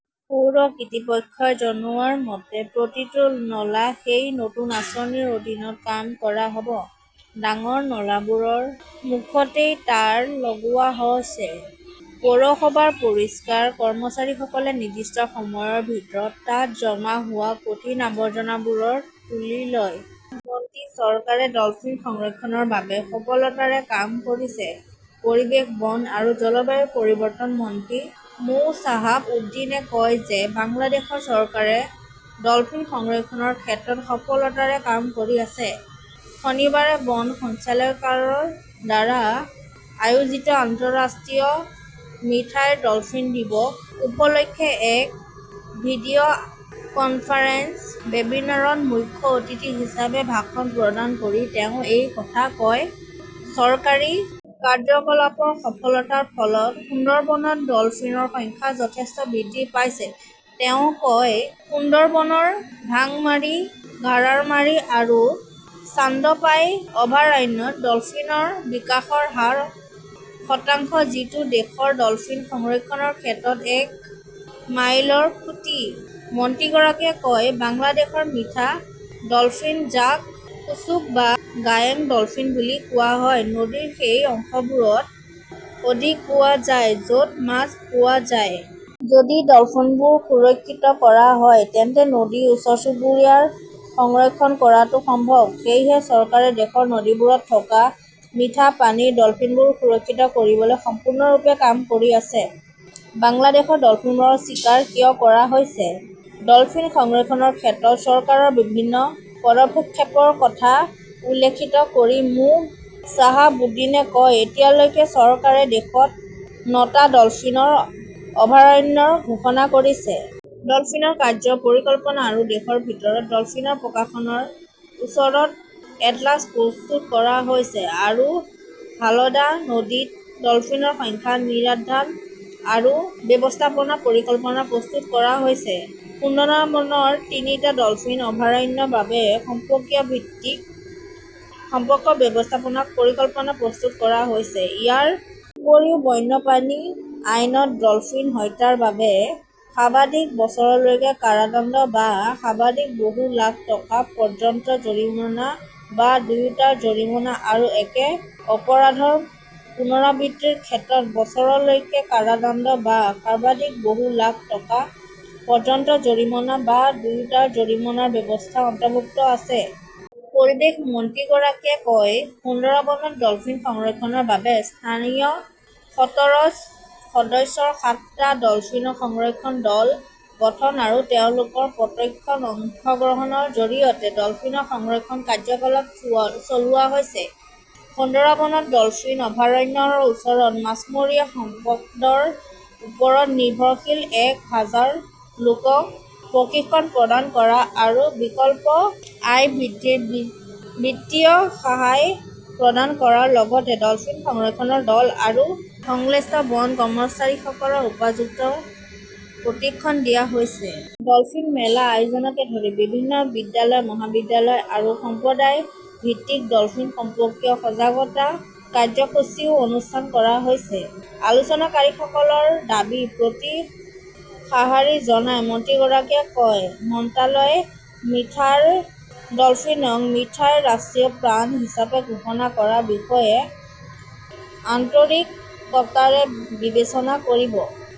পৌৰ কৰ্তৃপক্ষই জনোৱা মতে, প্ৰতিটো নলা সেই নতুন আঁচনিৰ অধীনত কাম কৰা হ 'ব। ডাঙৰ নালাবোৰৰ মুখতে তাঁৰ লগোৱা হৈছে। পৌৰসভাৰ পৰিষ্কাৰ কৰ্মচাৰীসকলে নিৰ্দিষ্ট সময়ৰ ভিতৰত তাত জমা হোৱা কঠিন আৱৰ্জনাবোৰ তুলি লয়। মন্ত্ৰী চৰকাৰে ডলফিন সংৰক্ষণৰ বাবে সফলতাৰে কাম কৰিছে পৰিৱেশ, বন আৰু জলবায়ু পৰিৱৰ্তন মন্ত্ৰী মো শ্বাহাব উদ্দিনে কয় যে বাংলাদেশ চৰকাৰে ডলফিন সংৰক্ষণৰ ক্ষেত্ৰত সফলতাৰে কাম কৰি আছে। শনিবাৰে বন সঞ্চালকালয়ৰ দ্বাৰা আয়োজিত আন্তঃৰাষ্ট্ৰীয় মিঠাইৰ ডলফিন দিৱস- উপলক্ষে এক ভিডিঅ কনফাৰেন্সত ৱেবিনাৰত মুখ্য অতিথি হিচাপে ভাষণ প্ৰদান কৰি তেওঁ এই কথা কয়। চৰকাৰী কাৰ্যকলাপৰ সফলতাৰ ফলত সুন্দৰবনত ডলফিনৰ সংখ্যা যথেষ্ট বৃদ্ধি পাইছে, তেওঁ কয়। সুন্দৰবনৰ ঢাংমাৰী, ঘাগাৰমাৰী আৰু চান্দপাই অভয়াৰণ্যত ডলফিনৰ বিকাশৰ হাৰ শতাংশ যিটো দেশৰ ডলফিন সংৰক্ষণৰ ক্ষেত্ৰত এক মাইলৰ খুঁটি। মন্ত্ৰীগৰাকীয়ে কয়, বাংলাদেশৰ মিঠা ডলফিন, যাক শুছুক বা গাঙ্গেয় ডলফিন বুলি কোৱা হয়, নদীৰ সেই অংশবোৰতো অধিক পোৱা যায় য 'ত মাছ পোৱা যায়। যদি ডলফিনবোৰ সুৰক্ষিত কৰা হয় তেন্তে নদীৰ চুবুৰীয়াবোৰো সংৰক্ষণ কৰাটো সম্ভৱ। সেয়েহে চৰকাৰে দেশৰ নদীবোৰত থকা মিঠা পানীৰ ডলফিনবোৰ সুৰক্ষিত কৰিবলৈ সম্পূৰ্ণৰূপে কাম কৰি আছে। বাংলাদেশত ডলফিনৰ চিকাৰ কিয় কৰা হৈছে? ডলফিন সংৰক্ষণৰ ক্ষেত্ৰত চৰকাৰৰ বিভিন্ন পদক্ষেপৰ কথা উল্লেখ কৰি মো শ্বাহাব উদ্দীনে কয়, এতিয়ালৈকে চৰকাৰে দেশত ন'টা ডলফিন অভয়াৰণ্য ঘোষণা কৰিছে। ডলফিনৰ কাৰ্য্য পৰিকল্পনা আৰু দেশৰ ভিতৰত ডলফিনৰ প্ৰসাৰৰ ওপৰত এটলাস প্ৰস্তুত কৰা হৈছে আৰু হালদা নদীত ডলফিনৰ সংখ্যা নিৰ্ধাৰণ আৰু ব্যৱস্থাপনা পৰিকল্পনা প্ৰস্তুত কৰা হৈছে। সুন্দৰবনৰ তিনিটা ডলফিন অভয়াৰণ্যৰ বাবে সম্প্ৰদায় ভিত্তিক সম্পদ ব্যৱস্থাপনা পৰিকল্পনা প্ৰস্তুত কৰা হৈছে। ইয়াৰ উপৰিও বন্যপ্ৰাণী আইনত ডলফিন হত্যাৰ বাবে সৰ্বাধিক বছৰলৈকে কাৰাদণ্ড বা সৰ্বাধিক বহু লাখ টকা পৰ্যন্ত জৰিমনা বা দুয়োটা জৰিমনা আৰু একে অপৰাধৰ পুনৰাবৃত্তিৰ ক্ষেত্ৰত বছৰলৈকে কাৰাদণ্ড বা সৰ্বাধিক বহু লাখ টকা পৰ্যন্ত জৰিমনা বা দুয়োটা জৰিমনাৰ ব্যৱস্থা অন্তৰ্ভুক্ত আছে। পৰিৱেশ মন্ত্ৰীগৰাকীয়ে কয়, সুন্দৰবনৰ ডলফিন সংৰক্ষণৰ বাবে স্থানীয় সত্তৰজন সদস্যৰ সাতটা ডলফিন সংৰক্ষণ দল গঠন আৰু তেওঁলোকৰ প্ৰত্যক্ষ অংশগ্ৰহণৰ জৰিয়তে ডলফিন সংৰক্ষণ কাৰ্যকলাপ চলোৱা হৈছে। সুন্দৰবনৰ ডলফিন অভয়াৰণ্যৰ ওচৰৰ মাছমৰীয়া সম্পদৰ ওপৰত নিৰ্ভৰশীল এক হাজাৰ লোকক প্ৰশিক্ষণ প্ৰদান কৰা আৰু বিকল্প আয় বৃদ্ধিৰ বিত্তীয় সহায় প্ৰদান কৰাৰ লগতে ডলফিন সংৰক্ষণ দল আৰু সংশ্লিষ্ট বন কৰ্মচাৰীসকলক উপযুক্ত প্ৰশিক্ষণ দিয়া হৈছে। ডলফিন মেলাৰ আয়োজনকে ধৰি বিভিন্ন বিদ্যালয়-মহাবিদ্যালয় আৰু সম্প্ৰদায় ভিত্তিক ডলফিন সম্পৰ্কীয় সজাগতা কাৰ্যসূচীও অনুষ্ঠিত কৰা হৈছে। আলোচনাকাৰীসকলৰ দাবীৰ প্ৰতি সঁহাৰি জনাই মন্ত্ৰীগৰাকীয়ে কয়, মন্ত্ৰালয়ে মিঠাইৰ ডলফিনক মিঠাইৰ ৰাষ্ট্ৰীয় প্ৰাণী হিচাপে ঘোষণা কৰাৰ বিষয়ে আন্তৰিকতাৰে বিবেচনা কৰিব।